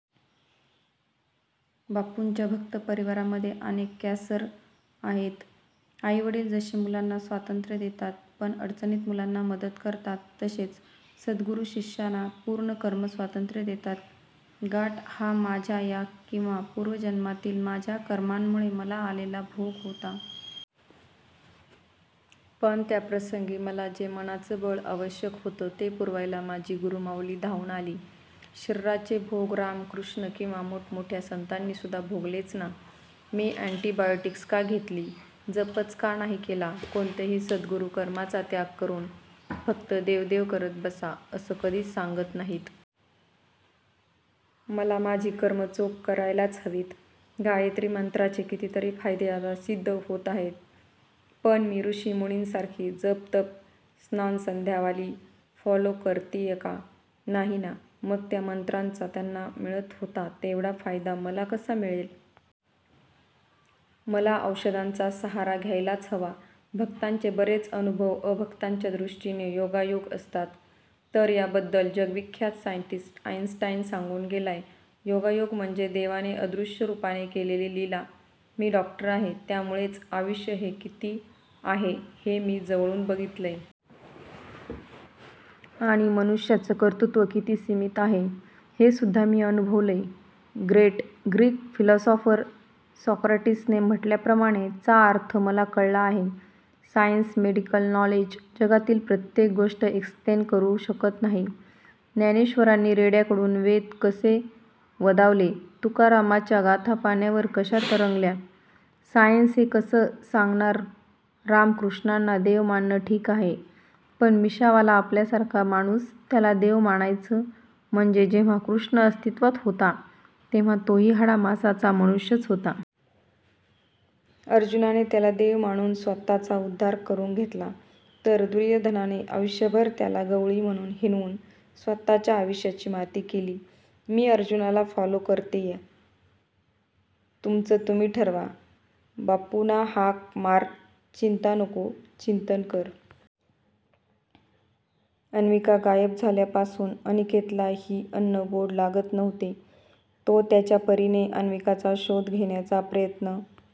बापूंच्या भक्त परिवारामध्ये अनेक कँसर आहेत. आईवडील जसे मुलांना स्वातंत्र्य देतात पण अडचणीत मुलांना मदत करतात तसेच सद्गुरू शिष्याना पूर्ण कर्मस्वातंत्र्य देतात. गाठ हा माझ्या या किंवा पूर्व जन्मातील माझ्या कर्मांमुळे मला आलेला भोग होता. पण त्या प्रसंगी मला जे मनाचं बळ आवश्यक होतं ते पुरवायला माझी गुरुमाऊली धावून आली. शरीराचे भोग राम कृष्ण किंवा मोठमोठ्या संतांनीसुद्धा भोगलेच ना. मी अँटिबायोटिक्स का घेतली? जपच का नाही केला? कोणतेही 'सद्'गुरु कर्माचा त्याग करून फक्त देव देव करत बसा असं कधीच सांगत नाहीत. मला माझी कर्म चोख करायलाच हवीत. गायत्री मंत्राचे कितीतरी फायदे आता सिद्ध होत आहेत. पण मी ऋषी मुनींसारखी जपतप, स्नानसंध्यावाली फॉलो करत्येय का? नाही ना मग त्या मंत्रांचा त्यांना मिळत होता तेवढा फायदा मला कसा मिळेल? मला औषधांचा सहारा घ्यायलाच हवा. भक्तांचे बरेच अनुभव अभक्तांच्या दृष्टीने योगायोग '' असतात. तर या '' बद्दल जगविख्यात सायंटिस्ट आईन्स्टाईन सांगून गेलाय ''' 'योगायोग म्हणजे देवाने अदृश्य रूपाने केलेली लीला'मी डॉक्टर आहे त्यामुळेच आयुष्य हे किती आहे हे मी जवळून बघितलंय. आणि मनुष्याचं कर्तृत्व किती सीमित आहे हेसुद्धा मी अनुभवलंय. ग्रेट ग्रीक फिलॉसॉफर सॉक्राटिस ने म्हटल्याप्रमाणे '.' चा अर्थ मला कळला आहे. सायन्स, मेडिकल नॉलेज जगातील प्रत्येक गोष्ट एक्सप्लेन करू शकत नाही. द्यानेश्वरांनी रेड्याकडून वेद कसे वद वाले, तुकारामाच्या गाथा पाण्यावर कश्या तरंगल्या सायन्स हे कसं सांगणाररामकृष्णांना देव मानणं ठीक आहे पण मिशावाला आपल्यासारखा माणूस, त्याला देव मानायचं म्हणजेजेव्हा कृष्ण अस्तित्वात होता तेव्हा तोही हाडामासाचा मनुष्यच होता. अर्जुनाने त्याला देव मानून स्वतःचा उद्धार करून घेतला तर दुर्योधनाने आयुष्यभर त्याला गवळी म्हणून हिणवून स्वतःच्या आयुष्याची माती केली. मी अर्जुनाला फॉलो करत्येय. तुमचं तुम्ही ठरवा. "बापूना हाक मार, चिंता नको, चिंतन कर". अन्विका गायब झाल्या पासून अनिकेतला ही अन्न गोड लागत नव्हते. तो त्याच्या परीने अन्विकाचा शोध घेण्याचा प्रयत्न